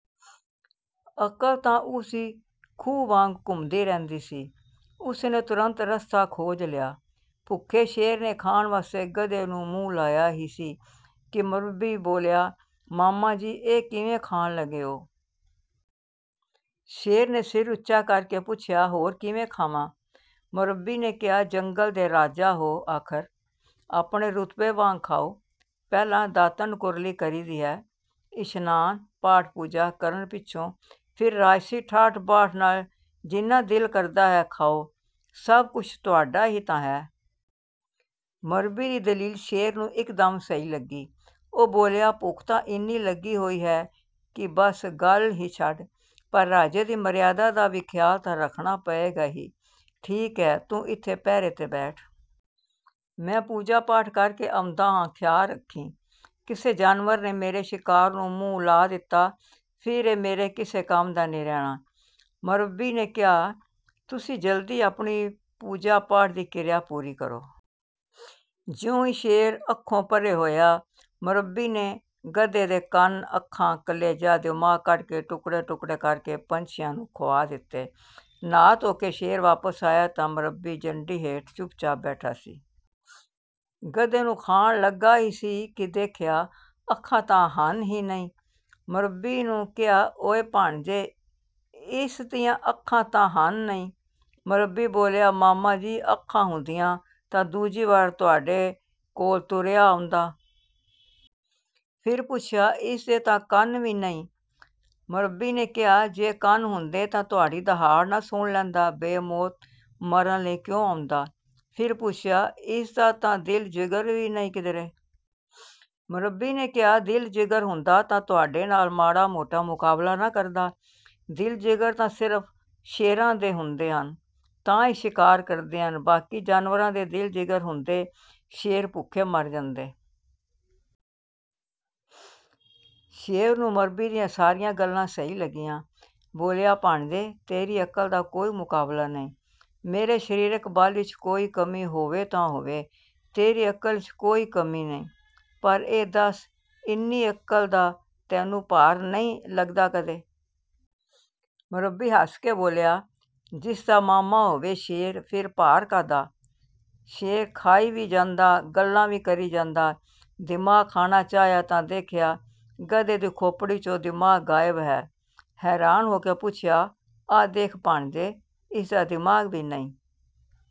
ਅਕਲ ਤਾਂ ਉਸ ਦੀ ਖੂਹ ਵਾਂਗ ਘੁੰਮਦੀ ਰਹਿੰਦੀ ਸੀ। ਉਸ ਨੇ ਤੁਰੰਤ ਰਸਤਾ ਖੋਜ ਲਿਆ। ਭੁੱਖੇ ਸ਼ੇਰ ਨੇ ਖਾਣ ਵਾਸਤੇ ਗਧੇ ਨੂੰ ਮੂੰਹ ਲਾਇਆ ਹੀ ਸੀ ਕਿ ਮਰੱਬੀ ਬੋਲਿਆ, "ਮਾਮਾ ਜੀ, ਇਹ ਕਿਵੇਂ ਖਾਣ ਲੱਗੇ ਹੋ?" ਸ਼ੇਰ ਨੇ ਸਿਰ ਉੱਚਾ ਕਰ ਕੇ ਪੁੱਛਿਆ, "ਹੋਰ ਕਿਵੇਂ ਖਾਵਾਂ?" ਮਰੱਬੀ ਨੇ ਕਿਹਾ, "ਜੰਗਲ ਦੇ ਰਾਜਾ ਹੋ ਆਖਰ, ਆਪਣੇ ਰੁਤਬੇ ਵਾਂਗ ਖਾਓ। ਪਹਿਲਾਂ ਦਾਤਣ-ਕੁਰਲੀ ਕਰੀਦੀ ਹੈ, ਇਸ਼ਨਾਨ, ਪਾਠ-ਪੂਜਾ ਕਰਨ ਪਿੱਛੋਂ ਫਿਰ ਰਾਜਸੀ ਠਾਠ-ਬਾਠ ਨਾਲ ਜਿੰਨਾ ਦਿਲ ਕਰਦਾ ਹੈ ਖਾਓ, ਸਭ ਕੁਝ ਤੁਹਾਡਾ ਹੀ ਤਾਂ ਹੈ।" ਮਰੱਬੀ ਦੀ ਦਲੀਲ ਸ਼ੇਰ ਨੂੰ ਇੱਕਦਮ ਸਹੀ ਲੱਗੀ। ਉਹ ਬੋਲਿਆ, "ਭੁੱਖ ਤਾਂ ਇੰਨੀ ਲੱਗੀ ਹੋਈ ਹੈ ਕਿ ਬੱਸ ਗੱਲ ਹੀ ਛੱਡ, ਪਰ ਰਾਜੇ ਦੀ ਮਰਿਆਦਾ ਦਾ ਵੀ ਖਿਆਲ ਤਾਂ ਰੱਖਣਾ ਪਏਗਾ ਹੀ। ਠੀਕ ਹੈ, ਤੂੰ ਇੱਥੇ ਪਹਿਰੇ 'ਤੇ ਬੈਠ। ਮੈਂ ਪੂਜਾ-ਪਾਠ ਕਰ ਕੇ ਆਉਂਦਾ ਹਾਂ। ਖਿਆਲ ਰੱਖੀਂ, ਕਿਸੇ ਜਾਨਵਰ ਨੇ ਮੇਰੇ ਸ਼ਿਕਾਰ ਨੂੰ ਮੂੰਹ ਲਾ ਦਿੱਤਾ, ਫਿਰ ਇਹ ਮੇਰੇ ਕਿਸੇ ਕੰਮ ਦਾ ਨਹੀਂ ਰਹਿਣਾ।" ਮਰੱਬੀ ਨੇ ਕਿਹਾ, "ਤੁਸੀਂ ਜਲਦੀ ਆਪਣੀ ਪੂਜਾ-ਪਾਠ ਦੀ ਕਿਰਿਆ ਪੂਰੀ ਕਰੋ।" ਜਿਉਂ ਹੀ ਸ਼ੇਰ ਅੱਖੋਂ ਪਰ੍ਹੇ ਹੋਇਆ, ਮਰੱਬੀ ਨੇ ਗਧੇ ਦੇ ਕੰਨ, ਅੱਖਾਂ, ਕਲੇਜਾ, ਦਿਮਾਗ ਕੱਢ ਕੇ ਟੁਕੜੇ-ਟੁਕੜੇ ਕਰ ਕੇ ਪੰਛੀਆਂ ਨੂੰ ਖੁਆ ਦਿੱਤੇ। ਨਹਾ-ਧੋ ਕੇ ਸ਼ੇਰ ਵਾਪਸ ਆਇਆ ਤਾਂ ਮਰੱਬੀ ਜੰਡੀ ਹੇਠ ਚੁੱਪ-ਚਾਪ ਬੈਠਾ ਸੀ। ਗਧੇ ਨੂੰ ਖਾਣ ਲੱਗਾ ਹੀ ਸੀ ਕਿ ਦੇਖਿਆ, ਅੱਖਾਂ ਤਾਂ ਹਨ ਹੀ ਨਹੀਂ। ਮਰੱਬੀ ਨੂੰ ਕਿਹਾ, "ਓਏ ਭਾਣਜੇ, ਇਸ ਦੀਆਂ ਅੱਖਾਂ ਤਾਂ ਹਨ ਨਹੀਂ?" ਮਰੱਬੀ ਬੋਲਿਆ, "ਮਾਮਾ ਜੀ, ਅੱਖਾਂ ਹੁੰਦੀਆਂ ਤਾਂ ਦੂਜੀ ਵਾਰ ਤੁਹਾਡੇ ਕੋਲ ਤੁਰਿਆ ਆਉਂਦਾ?" ਫਿਰ ਪੁੱਛਿਆ, "ਇਸ ਦੇ ਤਾਂ ਕੰਨ ਵੀ ਨਹੀਂ?" ਮਰੱਬੀ ਨੇ ਕਿਹਾ, "ਜੇ ਕੰਨ ਹੁੰਦੇ ਤਾਂ ਤੁਹਾਡੀ ਦਹਾੜ ਨਾ ਸੁਣ ਲੈਂਦਾ? ਬੇਮੌਤ ਮਰਨ ਲਈ ਕਿਉਂ ਆਉਂਦਾ?" ਫਿਰ ਪੁੱਛਿਆ, "ਇਸ ਦਾ ਤਾਂ ਦਿਲ-ਜਿਗਰ ਵੀ ਨਹੀਂ ਕਿਧਰੇ?" ਮਰੱਬੀ ਨੇ ਕਿਹਾ, "ਦਿਲ-ਜਿਗਰ ਹੁੰਦਾ ਤਾਂ ਤੁਹਾਡੇ ਨਾਲ ਮਾੜਾ-ਮੋਟਾ ਮੁਕਾਬਲਾ ਨਾ ਕਰਦਾ? ਦਿਲ-ਜਿਗਰ ਤਾਂ ਸਿਰਫ਼ ਸ਼ੇਰਾਂ ਦੇ ਹੁੰਦੇ ਹਨ, ਤਾਂ ਹੀ ਸ਼ਿਕਾਰ ਕਰਦੇ ਹਨ। ਬਾਕੀ ਜਾਨਵਰਾਂ ਦੇ ਦਿਲ-ਜਿਗਰ ਹੁੰਦੇ, ਸ਼ੇਰ ਭੁੱਖੇ ਮਰ ਜਾਂਦੇ!" ਸ਼ੇਰ ਨੂੰ ਮਰੱਬੀ ਦੀਆਂ ਸਾਰੀਆਂ ਗੱਲਾਂ ਸਹੀ ਲੱਗੀਆਂ, ਬੋਲਿਆ, "ਭਾਣਜੇ, ਤੇਰੀ ਅਕਲ ਦਾ ਕੋਈ ਮੁਕਾਬਲਾ ਨਹੀਂ। ਮੇਰੇ ਸਰੀਰਕ ਬਲ ਵਿੱਚ ਕੋਈ ਕਮੀ ਹੋਵੇ ਤਾਂ ਹੋਵੇ, ਤੇਰੀ ਅਕਲ ਵਿੱਚ ਕੋਈ ਕਮੀ ਨਹੀਂ। ਪਰ ਇਹ ਦੱਸ, ਇੰਨੀ ਅਕਲ ਦਾ ਤੈਨੂੰ ਭਾਰ ਨਹੀਂ ਲੱਗਦਾ ਕਦੇ?" ਮਰੱਬੀ ਹੱਸ ਕੇ ਬੋਲਿਆ, "ਜਿਸ ਦਾ ਮਾਮਾ ਹੋਵੇ ਸ਼ੇਰ, ਫਿਰ ਭਾਰ ਕਾਹਦਾ?" ਸ਼ੇਰ, ਖਾਈ ਵੀ ਜਾਂਦਾ, ਗੱਲਾਂ ਵੀ ਕਰੀ ਜਾਂਦਾ। ਦਿਮਾਗ ਖਾਣਾ ਚਾਹਿਆ ਤਾਂ ਦੇਖਿਆ, ਗਧੇ ਦੀ ਖੋਪੜੀ ਵਿੱਚੋਂ ਦਿਮਾਗ ਗਾਇਬ ਹੈ। ਹੈਰਾਨ ਹੋ ਕੇ ਪੁੱਛਿਆ, "ਆਹ ਦੇਖ ਭਾਣਜੇ, ਇਸ ਦਾ ਦਿਮਾਗ ਵੀ ਨਹੀਂ।